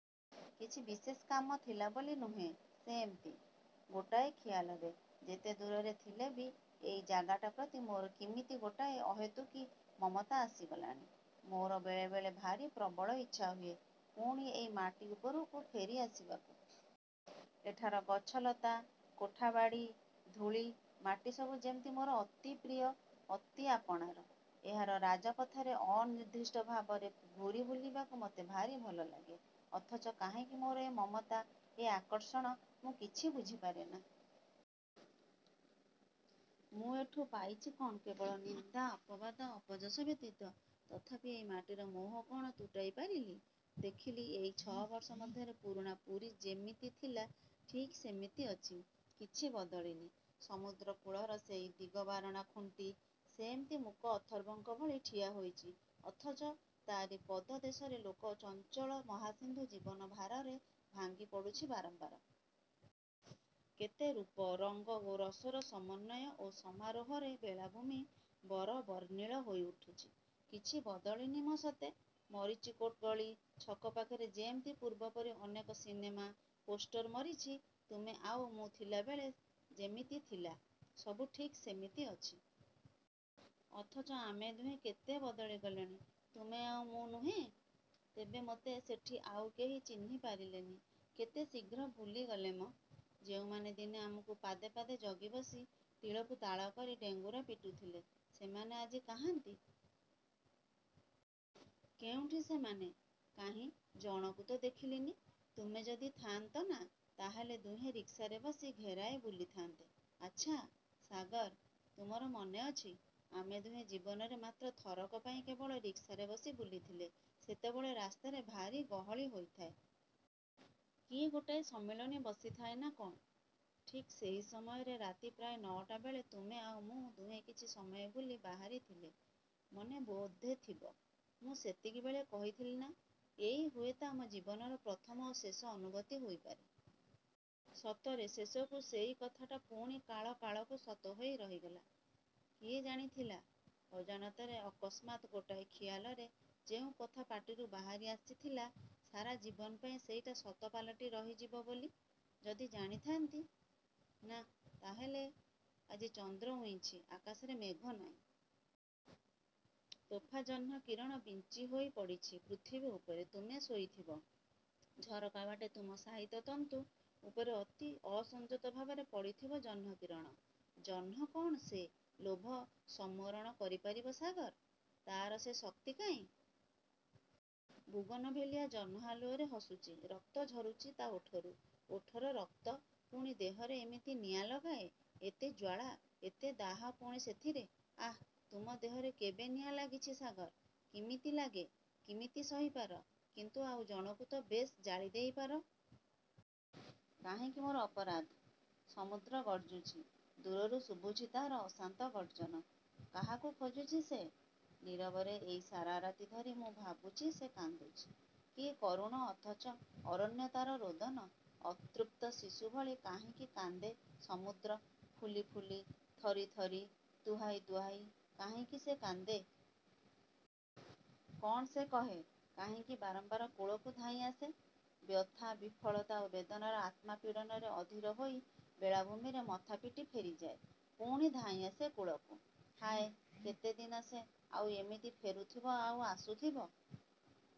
କିଛି ବିଶେଷ କାମ ଥିଲା ବୋଲି ନୁହେଁ। ସେମିତି; ଗୋଟାଏ ଖିଆଲରେ। ଯେତେ ଦୂରରେ ଥିଲେ ବି ଏଇ ଜାଗାଟା ପ୍ରତି ମୋର କିମିତି ଗୋଟାଏ ଅହେତୁକୀ ମମତା ଆସି ଗଲାଣି। ମୋର ବେଳେବେଳେ ଭାରି ପ୍ରବଳ ଇଚ୍ଛା ହୁଏ ପୁଣି ଏଇ ମାଟି ଉପରକୁ ଫେରି ଆସିବାକୁ। ଏଠାର ଗଛ ଲତା, କୋଠା ବାଡ଼ି, ଧୂଳି ମାଟି ସବୁ ଯେମିତି ମୋର ଅତି ପ୍ରିୟ, ଅତି ଆପଣାର। ଏହାର ରାଜ ପଥରେ ଅନିର୍ଦ୍ଦିଷ୍ଟ ଭାବରେ ଘୂରି ବୁଲିବାକୁ ମୋତେ ଭାରି ଭଲ ଲାଗେ-। ଅଥଚ କାହିଁକି ମୋର ଏ ମମତା, ଏ ଆକର୍ଷଣ ମୁଁ କିଛି ବୁଝିପାରେନା। ମୁଁ ଏଠୁଁ ପାଇଛି କ'ଣ-? କେବଳ ନିନ୍ଦା, ଅପବାଦ, ଅପଯଶ ବ୍ୟତୀତ। ତଥାପି ଏଇ ମାଟିର ମୋହ କ'ଣ ତୁଟାଇ ପାରଲି? ଦେଖିଲି ଏଇ ଛଅ ବର୍ଷ ମଧ୍ୟରେ ପୁରୁଣା ପୁରୀ ଯେମିତି ଥିଲା ଠିକ୍ ସେମିତି ଅଛି। କିଛି ବଦଳିନି। ସମୁଦ୍ର କୂଳର ସେଇ ଦିଗବାରଣ ଖୁଣ୍ଟି ସେମିତି ମୂକ ଅଥର୍ବଙ୍କ ଭଳି ଠିଆହୋଇଛି; ଅଥଚ ତାରି ପଦ ଦେଶରେ ଲୋକ ଚଞ୍ଚଳ ମହାସିନ୍ଧୁ ଜୀବନ ଭାରାରେ ଭାଙ୍ଗି ପଡ଼ୁଛି ବାରମ୍ବାର। କେତେ ରୂପ, ରଙ୍ଗ ଓ ରସର ସମନ୍ୱୟ ଓ ସମାରୋହରେ ବେଳାଭୂମି ବରବର୍ଣ୍ଣିଳ ହୋଇ ଉଠୁଛି-। କିଛି ବଦଳିନି ମ ସତେ! ମରିଚୀକୋଟ୍ ଗଳି ଛକ ପାଖରେ ସେମିତି ପୂର୍ବ ପରି ଅନେକ ସିନେମା-ପୋଷ୍ଟର ମରିଛି-ତୁମେ ଆଉ ମୁଁ ଥିଲାବେଳେ ଯେମିତି ଥିଲା; ସବୁ ଠିକ୍ ସେମିତି ଅଛି-। ଅଥଚ ଆମେ ଦୁହେଁ କେତେ ବଦଳି ଗଲେଣି-ତୁମେ ଆଉ ମୁଁ-ନୁହେଁ? ତେବେ ମୋତେ ସେଠି ଆଉ କେହି ଚିହ୍ନି ପାରିଲେନି। କେତେ ଶୀଘ୍ର ଭୁଲିଗଲେ ମ? ଯେଉଁମାନେ ଦିନେ ଆମକୁ ପାଦେ ପାଦେ ଜଗିବସି; ତିଳକୁ ତାଳ କରି ଡେଙ୍ଗୁରା ପିଟୁଥିଲେ; ସେମାନେ ଆଜି କାହାନ୍ତି? କେଉଁଠି ସେମାନେ? କାହିଁ ଜଣକୁ ତ ଦେଖିଲିନି। ତୁମେ ଯଦି ଥା'ନ୍ତ ନା ତା'ହେଲେ ଦୁହେଁ ରିକ୍ସାରେ ବସି ଘେରାଏ ବୁଲିଥାନ୍ତେ। ଆଚ୍ଛା; ସାଗର! ତୁମର ମନେଅଛି? ଆମେ ଦୁହେଁ ଜୀବନରେ ମାତ୍ର ଥରକ ପାଇଁ କେବଳ ରିକ୍ସାରେ ବସି ବୁଲିଥିଲେ। ସେତେବେଳେ ରାସ୍ତାରେ ଭାରି ଗହଳି ହୋଇଥାଏ। କି ଗୋଟାଏ ସମ୍ମିଳନୀ ବସିଥାଏ ନା କ'ଣ? ଠିକ୍ ସେଇ ସମୟରେ ରାତି ପ୍ରାୟ ନ'ଟା ବେଳେ ତୁମେ ଆଉ ମୁଁ ଦୁହେଁ କିଛି ସମୟ ବୁଲି ବାହାରି ଥିଲେ। ମନେ ବୋଧେଥିବ-ମୁଁ ସେତିକି ବେଳେ କହିଥିଲି ନା, ''ଏଇ ହୁଏତ ଆମ ଜୀବନର ପ୍ରଥମ ଓ ଶେଷ ଅନୁଭୂତି ହୋଇପାରେ। ସତରେ-ଶେଷକୁ ସେଇ କଥାଟା ପୁଣି କାଳ କାଳକୁ ସତ ହୋଇ ରହିଗଲା। କିଏ ଜାଣିଥିଲା? ଅଜାଣତରେ, ଅକସ୍ମାତ୍ ଗୋଟାଏ ଖିଆଲରେ, ଯେଉଁ କଥା ପାଟିରୁ ବାହାରି ଆସିଥିଲା ସାରା ଜୀବନ ପାଇଁ ସେଇଟା ସତ ପାଲଟି ରହିଯିବ ବୋଲି? ଯଦି ଜାଣିଥାନ୍ତି ନା-ତା'ହେଲେ! ଆଜି ଚନ୍ଦ୍ର ଉଇଁଛି; ଆକାଶରେ ମେଘ ନାଇଁ। ତୋଫା ଜହ୍ନ କିରଣ ବିଞ୍ଚି ହୋଇ ପଡ଼ିଛି ପୃଥିବୀ ଉପରେ। ତୁମେ ଶୋଇଥିବ। ଝରକା ବାଟେ ତୁମ ଶାୟିତ-ତନ୍ତୁ ଉପରେ ଅତି ଅସଂଯତ ଭାବରେ ପଡ଼ିଥିବ ଜହ୍ନ କିରଣ। ଜହ୍ନ କ'ଣ ସେ ଲୋଭ ସମ୍ବରଣ କରି ପାରିବ ସାଗର? ତା'ର ସେ ଶକ୍ତି କାଇଁ? ବୁଗନଭେଲିଆ ଜହ୍ନ ଆଲୁଅରେ ହସୁଛି। ରକ୍ତ ଝରୁଛି ତା'ର ଓଠରୁ। ଓଠର ରକ୍ତ, ପୁଣି ଦେହରେ ଏମିତି ନିଆଁ ଲଗାଏ? ଏତେ ଜ୍ଜ୍ୱାଳା, ଏତେ ଦାହ ପୁଣି ସେଥିରେ? ଆଃ-ତୁମ ଦେହରେ କେବେ ନିଆଁ ଲାଗିଛି ସାଗର। କିମିତି ଲାଗେ; କିମିତି ସହିପାର? କିନ୍ତୁ ଆଉ ଜଣକୁ ତ ବେଶ୍ ଜାଳିଦେଇ ପାର। କାହିଁକି ମୋର ଅପରାଧ? ସମୁଦ୍ର ଗର୍ଜୁଛି। ଦୂରରୁ ଶୁଭୁଛି ତା'ର ଅଶାନ୍ତ ଗର୍ଜନ। କାହାକୁ ଖୋଜୁଛି ସେ? ନୀରବରେ ଏଇ ସାରା ରାତି ଧରି ମୁଁ ଭାବୁଛି ସେ କାନ୍ଦୁଛି। କି କରୁଣ ଅଥଚ ଆରଣ୍ୟ ତା'ର ରୋଦନ। ଅତୃପ୍ତ ଶିଶୁ ଭଳି କାହିଁକି କାନ୍ଦେ ସମୁଦ୍ର-ଫୁଲି ଫୁଲି, ଥରି ଥରି, ତୁହାଇ ତୁହାଇ କାହିଁକି ସେ କାନ୍ଦେ? କ'ଣ ସେ କହେ? କାହିଁକି ବାରମ୍ବାର କୂଳକୁ ଧାଇଁ ଆସେ? ବ୍ୟଥା, ବିଫଳତା ଓ ବେଦନାର ଆତ୍ମ ପୀଡ଼ନରେ ଅଧୀର ହୋଇ ବେଳାଭୂମିରେ ମଥା ପିଟି ଫେରିଯାଏ; ପୁଣି ଧାଇଁ ଆସେ କୂଳକୁ। ହାୟ କେତେ ଦିନ ସେ ଆଉ ଏମିତି ଫେରୁଥିବ; ଆଉ ଆସୁଥିବ।